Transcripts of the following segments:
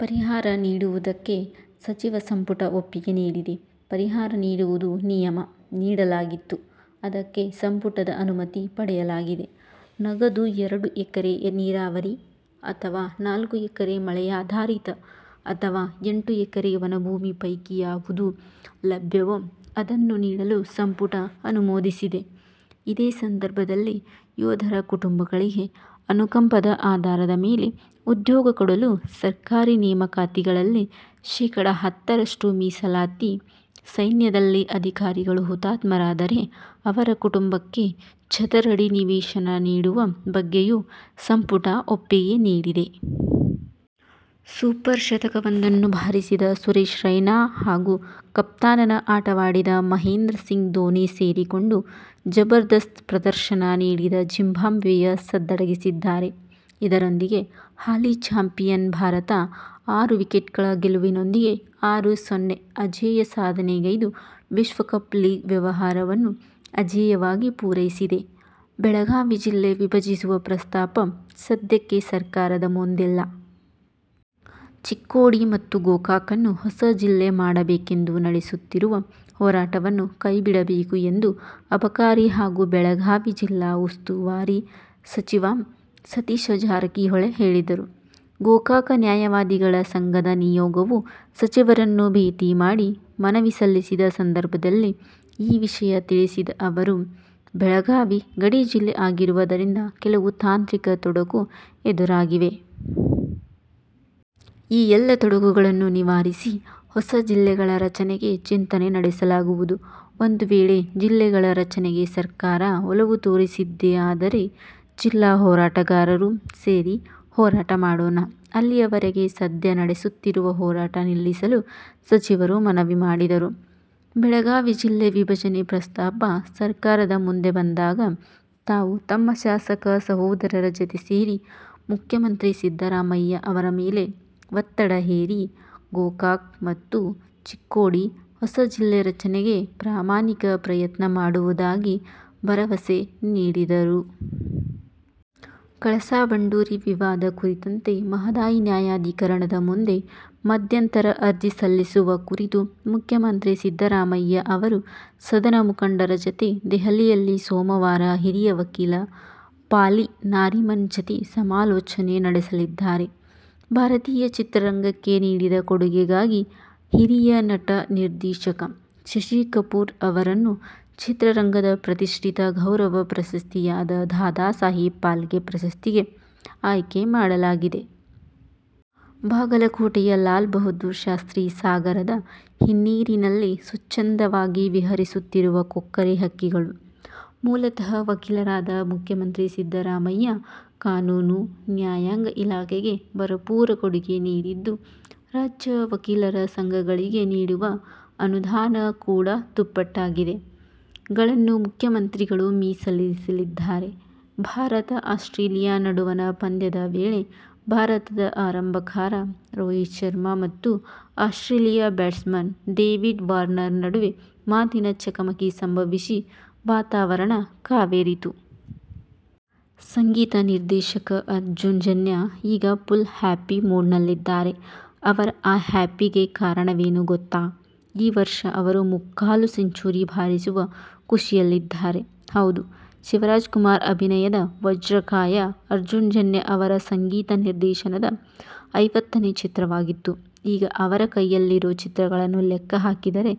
ಪರಿಹಾರ ನೀಡಿರುವುದಕ್ಕೆ ಸಚಿವ ಸಂಪುಟ ಒಪ್ಪಿಗೆ ನೀಡಿದೆ. ಪರಿಹಾರ ನೀಡುವುದು ನಿಯಮ. ನೀಡಲಾಗಿತ್ತು. ಅದಕ್ಕೆ ಸಂಪುಟದ ಅನುಮತಿ ಪಡೆಯಲಾಗಿದೆ. ನಗದು, ಎರಡು ಎಕರೆ ನೀರಾವರಿ ಅಥವಾ ನಾಲ್ಕು ಎಕರೆ ಮಳೆಯಾಧಾರಿತ ಅಥವಾ ಎಂಟು ಎಕರೆ ಒಣಭೂಮಿ ಪೈಕಿಯಾವುದು ಲಭ್ಯವೋ ಅದನ್ನು ನೀಡಲು ಸಂಪುಟ ಅನುಮೋದಿಸಿದೆ. ಇದೇ ಸಂದರ್ಭದಲ್ಲಿ ಯೋಧರ ಕುಟುಂಬಗಳಿಗೆ ಅನುಕಂಪದ ಆಧಾರದ ಮೇಲೆ ಉದ್ಯೋಗ ಕೊಡಲು ಸರ್ಕಾರಿ ನೇಮಕಾತಿಗಳಲ್ಲಿ ಶೇಖಡ ಹತ್ತರಷ್ಟು ಮೀಸಲಾತಿ, ಸೈನ್ಯದಲ್ಲಿ ಅಧಿಕಾರಿಗಳು ಹುತಾತ್ಮರಾದರೆ ಅವರ ಕುಟುಂಬಕ್ಕೆ ಚದರಡಿ ನಿವೇಶನ ನೀಡುವ ಬಗ್ಗೆಯೂ ಸಂಪುಟ ಒಪ್ಪಿಗೆ ನೀಡಿದೆ. ಸೂಪರ್ ಶತಕವೊಂದನ್ನು ಬಾರಿಸಿದ ಸುರೇಶ್ ರೈನಾ ಹಾಗೂ ಕಪ್ತಾನನ ಆಟವಾಡಿದ ಮಹೇಂದ್ರ ಸಿಂಗ್ ಧೋನಿ ಸೇರಿಕೊಂಡು ಜಬರ್ದಸ್ತ್ ಪ್ರದರ್ಶನ ನೀಡಿದ ಜಿಂಬಾಬ್ವೆಯ ಸದ್ದಡಗಿಸಿದ್ದಾರೆ. ಇದರೊಂದಿಗೆ ಹಾಲಿ ಚಾಂಪಿಯನ್ ಭಾರತ ಆರು ವಿಕೆಟ್ಗಳ ಗೆಲುವಿನೊಂದಿಗೆ ಆರು-ಸೊನ್ನೆ ಅಜೇಯ ಸಾಧನೆಗೈದು ವಿಶ್ವಕಪ್ ಲೀಗ್ ವ್ಯವಹಾರವನ್ನು ಅಜೇಯವಾಗಿ ಪೂರೈಸಿದೆ. ಬೆಳಗಾವಿ ಜಿಲ್ಲೆ ವಿಭಜಿಸುವ ಪ್ರಸ್ತಾಪ ಸದ್ಯಕ್ಕೆ ಸರ್ಕಾರದ ಮುಂದಿಲ್ಲ. ಚಿಕ್ಕೋಡಿ ಮತ್ತು ಗೋಕಾಕನ್ನು ಹೊಸ ಜಿಲ್ಲೆ ಮಾಡಬೇಕೆಂದು ನಡೆಸುತ್ತಿರುವ ಹೋರಾಟವನ್ನು ಕೈಬಿಡಬೇಕು ಎಂದು ಅಬಕಾರಿ ಹಾಗೂ ಬೆಳಗಾವಿ ಜಿಲ್ಲಾ ಉಸ್ತುವಾರಿ ಸಚಿವ ಸತೀಶ ಜಾರಕಿಹೊಳಿ ಹೇಳಿದರು. ಗೋಕಾಕ ನ್ಯಾಯವಾದಿಗಳ ಸಂಘದ ನಿಯೋಗವು ಸಚಿವರನ್ನು ಭೇಟಿ ಮಾಡಿ ಮನವಿ ಸಲ್ಲಿಸಿದ ಸಂದರ್ಭದಲ್ಲಿ ಈ ವಿಷಯ ತಿಳಿಸಿದ ಅವರು, ಬೆಳಗಾವಿ ಗಡಿ ಜಿಲ್ಲೆ ಆಗಿರುವುದರಿಂದ ಕೆಲವು ತಾಂತ್ರಿಕ ತೊಡಕು ಎದುರಾಗಿವೆ. ಈ ಎಲ್ಲ ತೊಡಕುಗಳನ್ನು ನಿವಾರಿಸಿ ಹೊಸ ಜಿಲ್ಲೆಗಳ ರಚನೆಗೆ ಚಿಂತನೆ ನಡೆಸಲಾಗುವುದು. ಒಂದು ವೇಳೆ ಜಿಲ್ಲೆಗಳ ರಚನೆಗೆ ಸರ್ಕಾರ ಒಲವು ತೋರಿಸಿದ್ದೇ ಆದರೆ, ಜಿಲ್ಲಾ ಹೋರಾಟಗಾರರು ಸೇರಿ ಹೋರಾಟ ಮಾಡೋಣ. ಅಲ್ಲಿಯವರೆಗೆ ಸದ್ಯ ನಡೆಸುತ್ತಿರುವ ಹೋರಾಟ ನಿಲ್ಲಿಸಲು ಸಚಿವರು ಮನವಿ ಮಾಡಿದರು. ಬೆಳಗಾವಿ ಜಿಲ್ಲೆ ವಿಭಜನೆ ಪ್ರಸ್ತಾಪ ಸರ್ಕಾರದ ಮುಂದೆ ಬಂದಾಗ ತಾವು ತಮ್ಮ ಶಾಸಕ ಸಹೋದರರ ಜತೆ ಸೇರಿ ಮುಖ್ಯಮಂತ್ರಿ ಸಿದ್ಧರಾಮಯ್ಯ ಅವರ ಮೇಲೆ ಒತ್ತಡ ಹೇರಿ ಗೋಕಾಕ ಮತ್ತು ಚಿಕ್ಕೋಡಿ ಹೊಸ ಜಿಲ್ಲೆ ರಚನೆಗೆ ಪ್ರಾಮಾಣಿಕ ಪ್ರಯತ್ನ ಮಾಡುವುದಾಗಿ ಭರವಸೆ ನೀಡಿದರು. ಕಳಸಾ ಬಂಡೂರಿ ವಿವಾದ ಕುರಿತಂತೆ ಮಹದಾಯಿ ನ್ಯಾಯಾಧಿಕರಣದ ಮುಂದೆ ಮಧ್ಯಂತರ ಅರ್ಜಿ ಸಲ್ಲಿಸುವ ಕುರಿತು ಮುಖ್ಯಮಂತ್ರಿ ಸಿದ್ದರಾಮಯ್ಯಅವರು ಸದನ ಮುಖಂಡರ ಜತೆ ದೆಹಲಿಯಲ್ಲಿ ಸೋಮವಾರ ಹಿರಿಯ ವಕೀಲ ಫಾಲಿ ನಾರಿಮನ್ ಜತೆ ಸಮಾಲೋಚನೆ ನಡೆಸಲಿದ್ದಾರೆ. ಭಾರತೀಯ ಚಿತ್ರರಂಗಕ್ಕೆ ನೀಡಿದ ಕೊಡೆಗೆಗಾಗಿ ಹಿರಿಯ ನಟ/ನಿರ್ದೇಶಕ ಶಶಿ ಕಪೂರ್ ರನ್ನು ಚಿತ್ರರಂಗದ ಪ್ರತಿಷ್ಠಿತ ಗೌರವ ಪ್ರಶಸ್ತಿಯಾದ ದಾದಾ ಸಾಹೇಬ್ ಫಾಲ್ಕೆ ಪ್ರಶಸ್ತಿಗೆ ಆಯ್ಕೆ ಮಾಡಲಾಗಿದೆ. ಬಾಗಲಕೋಟೆಯ ಲಾಲ್ ಬಹದ್ದೂರ್ ಶಾಸ್ತ್ರಿ ಸಾಗರದ ಹಿನ್ನೀರಿನಲ್ಲಿ ಸ್ವಚ್ಛಂದವಾಗಿ ವಿಹರಿಸುತ್ತಿರುವ ಕೊಕ್ಕರೆ ಹಕ್ಕಿಗಳು. ಮೂಲತಃ ವಕೀಲರಾದ ಮುಖ್ಯಮಂತ್ರಿ ಸಿದ್ದರಾಮಯ್ಯ, ಕಾನೂನು, ನ್ಯಾಯಾಂಗ ಇಲಾಖೆಗೆ ಭರಪೂರ ಕೊಡುಗೆ ನೀಡಿದ್ದು, ರಾಜ್ಯ ವಕೀಲರ ಸಂಘಗಳಿಗೆ ನೀಡುವ ಅನುದಾನ ಕೂಡ ದುಪ್ಪಟ್ಟಾಗಿದೆ. ಗಳನ್ನು ಮುಖ್ಯಮಂತ್ರಿಗಳು ಮೀಸಲಿರಿಸಿದ್ದಾರೆ. ಭಾರತ-ಆಸ್ಟ್ರೇಲಿಯ ನಡುವಣ ಪಂದ್ಯದ ವೇಳೆ ಭಾರತದ ಆರಂಭಕಾರ ರೋಹಿತ್ ಶರ್ಮಾ ಮತ್ತು ಆಸ್ಟ್ರೇಲಿಯ ಬ್ಯಾಟ್ಸ್ಮನ್ ಡೇವಿಡ್ ವಾರ್ನರ್ ನಡುವೆ ಮಾತಿನ ಚಕಮಕಿ ಸಂಭವಿಸಿ ವಾತಾವರಣ ಕಾವೇರಿತು. ಸಂಗೀತ ನಿರ್ದೇಶಕ ಅರ್ಜುನ್ ಜನ್ಯ ಈಗ ಫುಲ್ ಹ್ಯಾಪಿಮೂಡ್ನಲ್ಲಿದ್ದಾರೆ. ಅವರ ಆ ಹ್ಯಾಪಿಗೆ ಕಾರಣವೇನು ಗೊತ್ತಾ ಈ ವರ್ಷ ಅವರು ಮುಕ್ಕಾಲು ಸೆಂಚುರಿ ಬಾರಿಸುವ ಖುಷಿಯಲ್ಲಿದ್ದಾರೆ. ಹೌದು, ಶಿವರಾಜ್ಕುಮಾರ್ ಅಭಿನಯದ ವಜ್ರಕಾಯ ಅರ್ಜುನ್ ಜನ್ಯ ಅವರ ಸಂಗೀತ ನಿರ್ದೇಶನದ ಐವತ್ತನೇ ಚಿತ್ರವಾಗಿತ್ತು. ಈಗ ಅವರ ಕೈಯಲ್ಲಿರೋ ಚಿತ್ರಗಳನ್ನು ಲೆಕ್ಕ ಹಾಕಿದರೆ,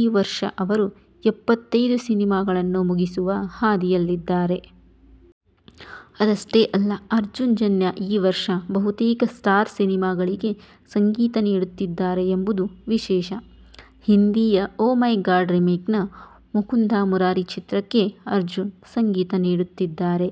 ಈ ವರ್ಷ ಅವರು ಎಪ್ಪತ್ತೈದು ಸಿನಿಮಾಗಳನ್ನು ಮುಗಿಸುವ ಹಾದಿಯಲ್ಲಿದ್ದಾರೆ. ಅದಷ್ಟೇ ಅಲ್ಲ, ಅರ್ಜುನ್ ಜನ್ಯ ಈ ವರ್ಷ ಬಹುತೇಕ ಸ್ಟಾರ್ ಸಿನಿಮಾಗಳಿಗೆ ಸಂಗೀತ ನೀಡುತ್ತಿದ್ದಾರೆ ಎಂಬುದು ವಿಶೇಷ. ಹಿಂದಿಯ "ಓ ಮೈ ಗಾಡ್' ರಿಮೇಕ್ನ "ಮುಕುಂದ ಮುರಾರಿ' ಚಿತ್ರಕ್ಕೆ ಅರ್ಜುನ್ ಸಂಗೀತ ನೀಡುತ್ತಿದ್ದಾರೆ.